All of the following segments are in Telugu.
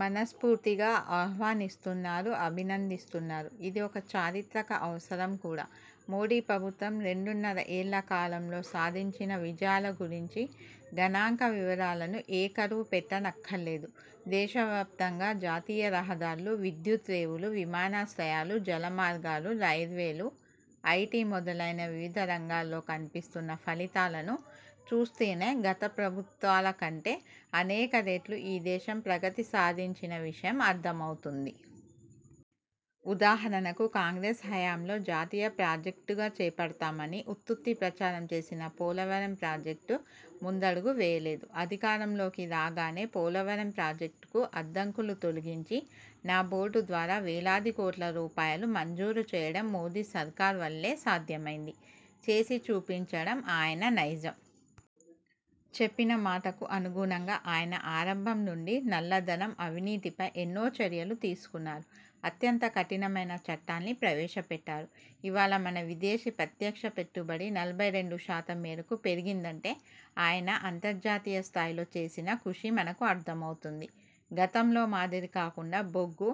మనస్ఫూర్తిగా ఆహ్వానిస్తున్నారు. అభినందిస్తున్నారు. ఇది ఒక చారిత్రక అవసరం కూడా. మోదీ ప్రభుత్వం రెండున్నరేళ్ల కాలంలో సాధించిన విజయాల గురించి గణాంక వివరాలను ఏ కరువు పెట్టనక్కర్లేదు. దేశవ్యాప్తంగా జాతీయ రహదారులు, విద్యుత్, రేవులు, విమానాశ్రయాలు, జలమార్గాలు, రైల్వేలు, ఐటీ మొదలైన వివిధ రంగాల్లో కనిపిస్తున్న ఫలితాలను చూస్తేనే గత ప్రభుత్వాల కంటే అనేక రెట్లు ఈ దేశం ప్రగతి సాధించిన విషయం అర్థమవుతుంది. ఉదాహరణకు కాంగ్రెస్ హయాంలో జాతీయ ప్రాజెక్టుగా చేపడతామని ఉత్తుత్తి ప్రచారం చేసినా పోలవరం ప్రాజెక్టు ముందడుగు వేయలేదు. అధికారంలోకి రాగానే పోలవరం ప్రాజెక్టుకు అడ్డంకులు తొలగించి నాబోర్డు ద్వారా వేలాదికోట్ల రూపాయలు మంజూరు చేయడం మోదీ సర్కార్ వల్లే సాధ్యమైంది. చేసి చూపించడం ఆయన నైజం. చెప్పిన మాటకు అనుగుణంగా ఆయన ఆరంభం నుంచి నల్లధనం, అవినీతిపై ఎన్నో చర్యలు తీసుకున్నారు. అత్యంత కఠినమైన చట్టాల్ని ప్రవేశపెట్టారు. ఇవాళ మన విదేశీ ప్రత్యక్ష పెట్టుబడి నలభై రెండుశాతం మేరకు పెరిగిందంటే ఆయన అంతర్జాతీయ స్థాయిలో చేసిన కృషి మనకు అర్థమవుతుంది. గతంలో మాదిరి కాకుండా బొగ్గు,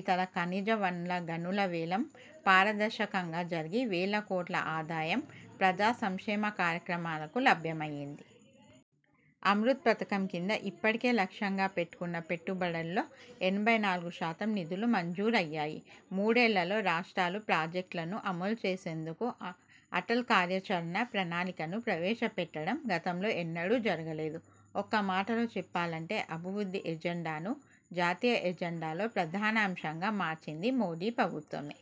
ఇతర ఖనిజ వనరుల గనుల వేలం పారదర్శకంగా జరిగి వేలకోట్ల ఆదాయం ప్రజా సంక్షేమ కార్యక్రమాలకు లభ్యమయింది. అమృత్ పథకం క్రింద ఇప్పటికే లక్ష్యంగా పెట్టుకున్న పెట్టుబడుల్లో ఎనభై నాలుగు శాతం నిధులు మంజూరయ్యాయి. మూడేళ్లలో రాష్ట్రాలు ప్రాజెక్టులను అమలు చేసేందుకు అటల్ కార్యాచరణ ప్రణాళికను ప్రవేశపెట్టడం గతంలో ఎన్నడూ జరగలేదు. ఒక్క మాటలో చెప్పాలంటే అభివృద్ధి ఎజెండాను జాతీయ ఎజెండాలో ప్రధానాంశంగా మార్చింది మోదీ ప్రభుత్వమే.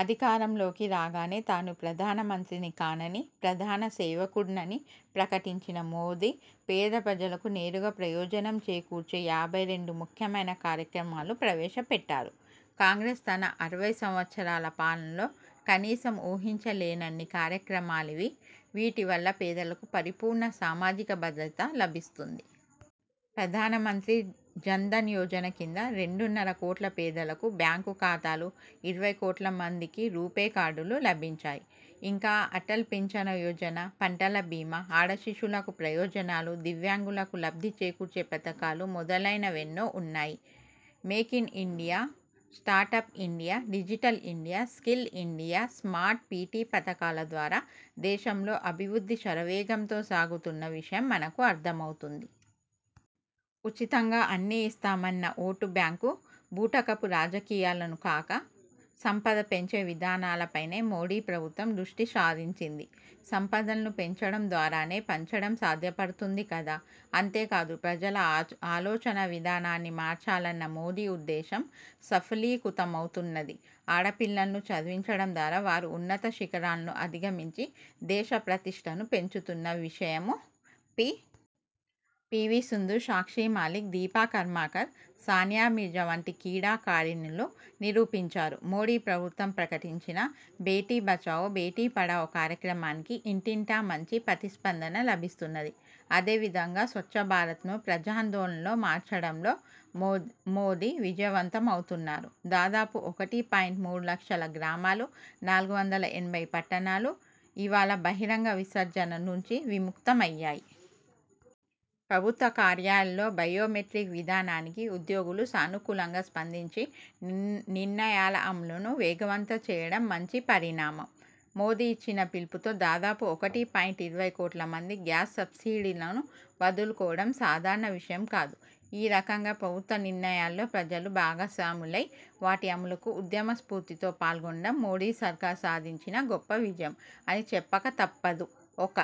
అధికారంలోకి రాగానే తాను ప్రధానమంత్రిని కానని, ప్రధాన సేవకుడినని ప్రకటించిన మోదీ పేద ప్రజలకు నేరుగా ప్రయోజనం చేకూర్చే యాభై రెండు ముఖ్యమైన కార్యక్రమాలు ప్రవేశపెట్టారు. కాంగ్రెస్ తన అరవై సంవత్సరాల పాలనలో కనీసం ఊహించలేనన్ని కార్యక్రమాలివి. వీటివల్ల పేదలకు పరిపూర్ణ సామాజిక భద్రత లభిస్తుంది. ప్రధానమంత్రి జన్ ధన్ యోజన క్రింద రెండున్నర కోట్ల పేదలకు బ్యాంకు ఖాతాలు, ఇరవై కోట్ల మందికి రూపే కార్డులు లభించాయి. ఇంకా అటల్ పింఛన్ యోజన, పంటల భీమా, ఆడ శిశువులకు ప్రయోజనాలు, దివ్యాంగులకు లబ్ధి చేకూర్చే పథకాలు మొదలైనవెన్నో ఉన్నాయి. Make in India, startup India, digital India, skill India, smart city పథకాల ద్వారా దేశంలో అభివృద్ధి శరవేగంతో సాగుతున్న విషయం మనకు అర్థమవుతున్నది. ఉచితంగా అన్నీ ఇస్తామన్న ఓటు బ్యాంకు బూటకపు రాజకీయాలను కాక సంపద పెంచే విధానాలపైనే మోదీ ప్రభుత్వం దృష్టి సారించింది. సంపదను పెంచడం ద్వారానే పంచడం సాధ్యపడుతుంది కదా! అంతేకాదు, ప్రజల ఆలోచనా విధానాన్ని మార్చాలన్న మోదీ ఉద్దేశం సఫలీకృతమవుతున్నది. ఆడపిల్లలను చదివించడం ద్వారా వారు ఉన్నత శిఖరాలను అధిగమించి దేశ ప్రతిష్టను పెంచుతున్న విషయం పి. పి.వి. సింధు, సాక్షి మాలిక్, దీపా కర్మాకర్, సానియా మీర్జా వంటి క్రీడాకారిణులు నిరూపించారు. మోడి ప్రభుత్వం ప్రకటించిన బేటీ బచావో, బేటీ పడావో కార్యక్రమానికి ఇంటింటా మంచి ప్రతిస్పందన లభిస్తున్నది. అదేవిధంగా స్వచ్చభారత్ను ప్రజాందోళనగా మార్చడంలో మోదీ విజయవంతమవుతున్నారు. దాదాపు ఒకటి పాయింట్ మూడు లక్షల గ్రామాలు, నాలుగు వందల ఎనభై పట్టణాలు ఇవాళ బహిరంగ విసర్జన నుంచి విముక్తమయ్యాయి. ప్రభుత్వ కార్యాల్లో బయోమెట్రిక్స్ విధానానికి ఉద్యోగులు సానుకూలంగా స్పందించి నిర్ణయాల అమలును వేగవంతం చేయడం మంచి పరిణామం. మోదీ ఇచ్చిన పిలుపుతో దాదాపు ఒకటి పాయింట్ ఇరవై కోట్ల మంది గ్యాస్ సబ్సిడీలను వదులుకోవడం సాధారణ విషయం కాదు. ఈ రకంగా ప్రభుత్వ నిర్ణయాల్లో ప్రజలు భాగస్వాములై వాటి అమలుకు ఉద్యమ స్ఫూర్తితో పాల్గొనడం మోడీ సర్కార్ సాధించిన గొప్పవిజయం అని చెప్పక తప్పదు. ఒక